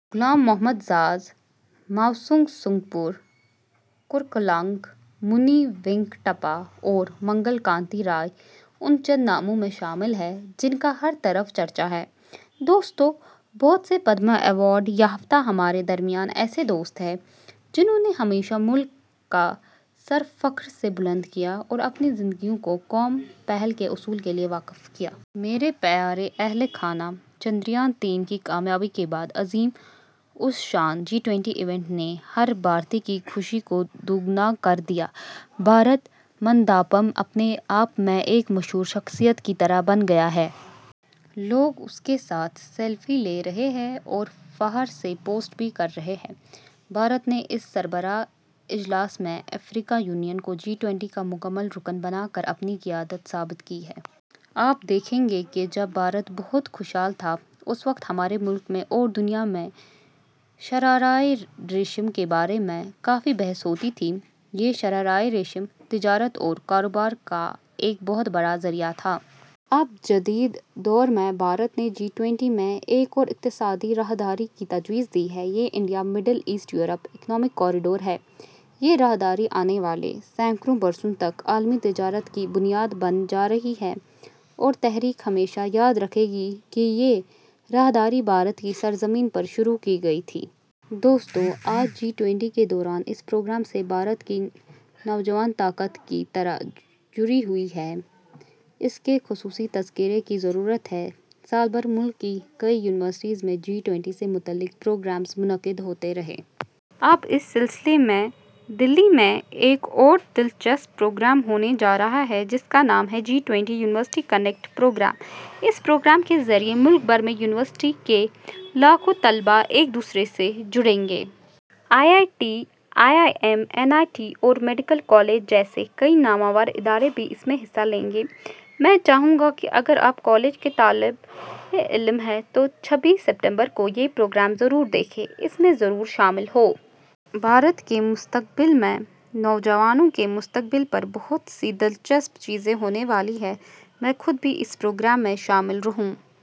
غلام محمد زاز، ماؤ سو pong, Ri Singbor Kurkalang لانگ، مونی وینکٹپا اور منگل کانتی رائے ان چند ناموں میں شامل ہیں جن کا ہر طرف چرچا ہے۔ دوستو، بہت سے پدم ایوارڈ یافتہ ہمارے درمیان ایسے دوست ہیں، جنہوں نے ہمیشہ ملک کا سر فخر سے بلند کیا، اور اپنی زندگیوں کو "قوم پہلے" کے اصول کے لیے وقف کیا۔ میرے پیارے اہلِ خانہ، چندریان تین کی کامیابی کے بعد عظیم الشان جی ٹوئنٹی ایونٹ نے ہر بھارتی کی خوشی کو دوگنا کر دیا۔ بھارت منڈپم اپنے آپ میں ایک مشہور شخصیت کی طرح بن گیا ہے۔ لوگ اس کے ساتھ سیلفی لے رہے ہیں اور فخر سے پوسٹ بھی کر رہے ہیں۔ بھارت نے اس سربراہ اجلاس میں افریقی یونین کو جی ٹوئنٹی کا مکمل رکن بنا کر اپنی قیادت ثابت کی ہے۔ آپ دیکھیں گے کہ جب بھارت بہت خوشحال تھا، اس وقت ہمارے ملک میں اور دنیا میں شاہراہِ ریشم کے بارے میں کافی بحث ہوتی تھی۔ یہ شاہراہِ ریشم تجارت اور کاروبار کا ایک بہت بڑا ذریعہ تھا۔ اب جدید دور میں بھارت نے جی ٹوئنٹی میں ایک اور اقتصادی راہداری کی تجویز دی ہے۔ یہ India Middle East Europe economic corridor ہے۔ یہ راہداری آنے والے سینکڑوں برسوں تک عالمی تجارت کی بنیاد بننے جا رہی ہے اور تاریخ ہمیشہ یاد رکھے گی کہ یہ راہداری بھارت کی سرزمین پر شروع کی گئی تھی۔ دوستو، آج جی ٹوئنٹی کے دوران اس پروگرام سے بھارت کی نوجوان طاقت کس طرح جڑی ہوئی ہے، اس کے خصوصی تذکرے کی ضرورت ہے۔ سال بھر ملک کی کئی یونیورسٹیوں میں جی ٹوئنٹی سے متعلق پروگرام منعقد ہوتے رہے۔ اب اسی سلسلے میں دہلی میں ایک اور دل چسپ پروگرام ہونے جا رہا ہے جس کا نام ہے G twenty university connect program. اس پروگرام کے ذریعے ملک بھر میں یونیورسٹی کے لاکھوں طلبہ ایک دوسرے سے جڑیں گے۔ I I T, I I M, N I T اور میڈیکل کالج جیسے کئی نامور ادارے بھی اس میں حصہ لیں گے۔ میں چاہوں گا کہ اگر آپ کالج کے طالب علم ہیں تو چھبیس ستمبر کو یہ پروگرام ضرور دیکھیں، اس میں ضرور شامل ہوں۔ بھارت کے مستقبل میں، نوجوانوں کے مستقبل پر بہت سی دل چسپ چیزیں ہونے والی ہیں۔ میں خود بھی اس پروگرام میں شامل رہوں۔